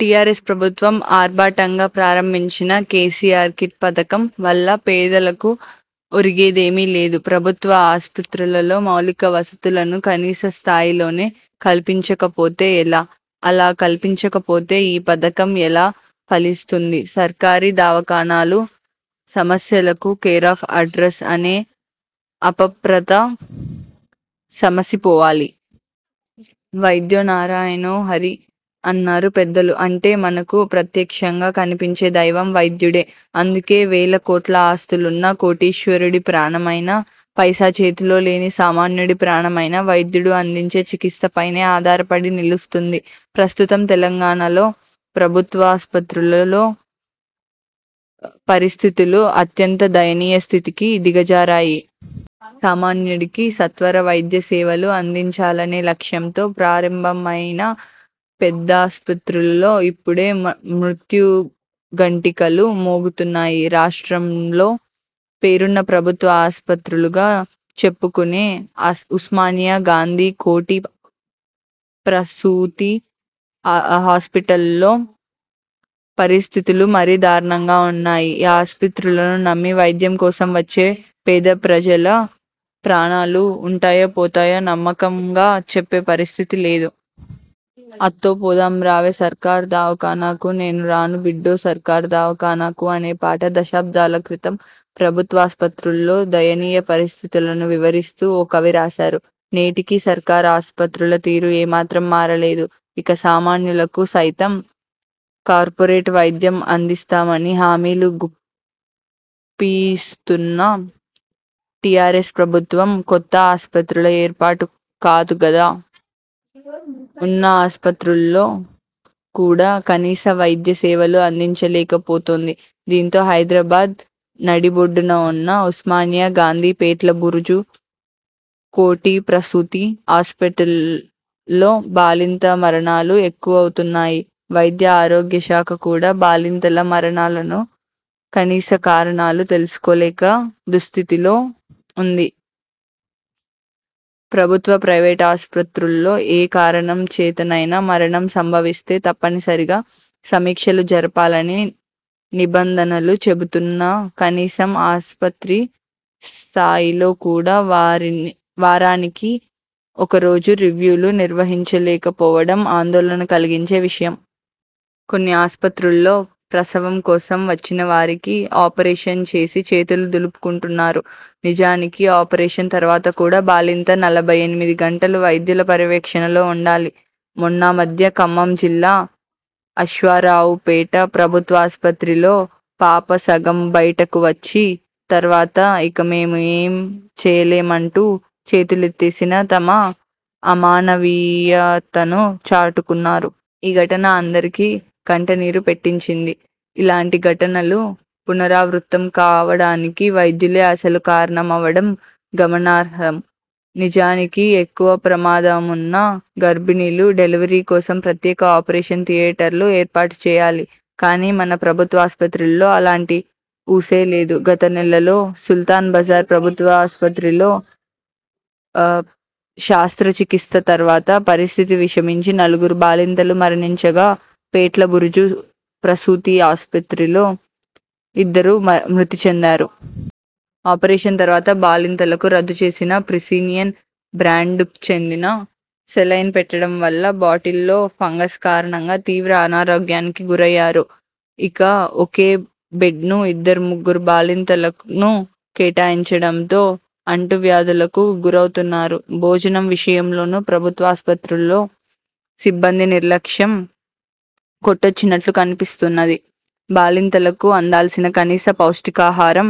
TRS ప్రభుత్వం ఆర్భాటంగా ప్రారంభించిన 'కేసీఆర్ కిట్' పథకం వల్ల పేదలకు ఒరిగిందేమీ లేదు. ప్రభుత్వ ఆస్పత్రులలో మౌలిక వసతులను కనీస స్థాయిలోనే కల్పించకపోతే ఎలా? అలా కల్పించకపోతే ఈ పథకం ఎలా ఫలిస్తుంది? సర్కారీ దావాఖానాలు సమస్యలకు కేరాఫ్ అడ్రస్ అనే అపప్రథ సమసిపోవాలి. వైద్యో నారాయణో హరి' అన్నారు పెద్దలు. అంటే మనకు ప్రత్యక్షంగా కనిపించే దైవం వైద్యుడే. అందుకే వేల కోట్ల ఆస్తులున్న కోటీశ్వరుడి ప్రాణమైనా. పైసా చేతిలో లేని సామాన్యుడి ప్రాణమైనా వైద్యుడు అందించే చికిత్సపైనే ఆధారపడి నిలుస్తుంది. ప్రస్తుతం తెలంగాణలో ప్రభుత్వాసుపత్రుల్లో పరిస్థితులు అత్యంత దయనీయ స్థితికి దిగజారాయి. సామాన్యుడికి సత్వర వైద్యసేవలు అందించాలనే లక్ష్యంతో ప్రారంభమైన పెద్దాసుపత్రుల్లో ఇప్పుడు మృత్యు ఘంటికలు మోగుతున్నాయి. రాష్ట్రంలో పేరున్న ప్రభుత్వ ఆస్పత్రులుగా చెప్పుకునే ఉస్మానియా, గాంధీ, కోఠి ప్రసూతి హాస్పిటల్స్లో పరిస్థితులు మరీ దారుణంగా ఉన్నాయి. ఈ ఆస్పత్రులను నమ్మి వైద్యం కోసం వచ్చే పేదప్రజల ప్రాణాలు ఉంటాయో పోతాయో నమ్మకంగా చెప్పే పరిస్థితి లేదు. ''అత్తో పోదాం రావే సర్కారు దవాఖానాకు నేను రాను బిడ్డో సర్కారు దవాఖానాకు'' అనే పాట దశాబ్దాల క్రితం ప్రభుత్వాసుపత్రుల్లో దయనీయ పరిస్థితులను వివరిస్తూ ఓ కవి రాశారు. నేటికీ సర్కారు ఆస్పత్రుల తీరు ఏమాత్రం మారలేదు. ఇక సామాన్యులకు సైతం కార్పొరేట్ వైద్యం అందిస్తామని హామీలు గుప్పిస్తున్న టీఆర్ఎస్ ప్రభుత్వం కొత్త ఆస్పత్రుల ఏర్పాటు కాదు గదా. ఉన్న ఆస్పత్రుల్లో కూడా కనీస వైద్య సేవలు అందించలేకపోతోంది. దీంతో హైదరాబాద్ నడిబొడ్డున ఉన్న ఉస్మానియా, గాంధీ, పేట్ల బురుజు, కోఠి ప్రసూతి ఆస్పత్రుల్లో బాలింత మరణాలు ఎక్కువవుతున్నాయి. వైద్య ఆరోగ్యశాఖ కూడా బాలింతల మరణాలకు కనీస కారణాలు తెలుసుకోలే కా దుస్థితిలో ఉంది. ప్రభుత్వ, ప్రైవేటు ఆస్పత్రుల్లో ఏ కారణం చేతనైనా మరణం సంభవిస్తే తప్పనిసరిగా సమీక్షలు జరపాలని నిబంధనలు చెబుతున్నాకనీసం ఆస్పత్రి స్థాయిలో కూడా వారానికి ఒక రోజు రివ్యూలు నిర్వహించకపోవడం ఆందోళన కలిగించే విషయం. కొన్ని ఆస్పత్రుల్లో ప్రసవం కోసం వచ్చినవారికి ఆపరేషన్ చేసి చేతులు దులుపుకుంటున్నారు. నిజానికి ఆపరేషన్ తర్వాత కూడా బాలింత నలభై ఎనిమిది గంటలు వైద్యుల పర్యవేక్షణలో ఉండాలి. మొన్నామధ్య ఖమ్మం జిల్లా అశ్వారావుపేట ప్రభుత్వాసుపత్రిలో పాప సగం బైటకు వచ్చిన తర్వాత ఇక మేము ఏం చేయలేమంటూ చేతులెత్తేసి తమ అమానవీయతను చాటుకున్నారు. ఈ ఘటన అందరికీ కంటనీరు పెట్టించింది. ఇలాంటి ఘటనలు పునరావృతం కావడానికి వైద్యులే అసలు కారణమవడం గమనార్హం. నిజానికి ఎక్కువ ప్రమాదమున్న గర్భిణుల డెలివరీకోసం ప్రత్యేక ఆపరేషన్ థియేటర్లు ఏర్పాటుచేయాలి. కానీ మన ప్రభుత్వాసుపత్రుల్లో అలాంటి ఊసే లేదు. గత నెలలో సుల్తాన్ బజారు ప్రభుత్వ ప్రసూతి ఆస్పత్రిలో శస్త్రచికిత్స తర్వాత పరిస్థితి విషమించి నలుగురు బాలింతలు మరణించగా పేట్లబురుజు ప్రసూతి ఆస్పత్రిలో ఇద్దరు మృతిచెందారు. ఆపరేషన్ తర్వాత బాలింతలకు రద్దుచేసిన ప్రిసీనియన్ బ్రాండ్కు చెందిన సెలైన్ పెట్టడం వల్ల బాటిల్లో ఫంగస్ కారణంగా తీవ్ర అనారోగ్యానికి గురయ్యారు. ఇక ఒకే బెడ్ను ఇద్దరు, ముగ్గురు బాలింతలను కేటాయించడంతో అంటువ్యాధులకు గురౌతున్నారు. భోజనం విషయంలోనూ ప్రభుత్వాసుపత్రుల్లో సిబ్బంది నిర్లక్ష్యం కొట్టొచ్చినట్లు కనిపిస్తున్నది. బాలింతలకు అందాల్సిన కనీస పౌష్టికాహారం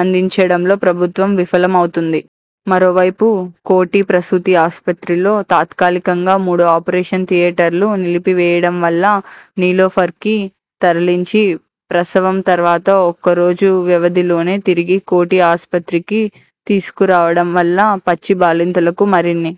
అందించడంలో ప్రభుత్వం విఫలం అవుతుంది. మరోవైపు కోఠి ప్రసూతి ఆస్పత్రిలో తాత్కాలికంగా మూడు ఆపరేషన్ థియేటర్లు నిలిపివేయడం వల్ల నీలోఫర్కి తరలించి ప్రసవం తర్వాత ఒక్కరోజు వ్వవధిలోనే తిరిగి కోఠి ఆస్పత్రికి తీసుకురావడం వల్ల పచ్చి బాలింతలు మరిన్ని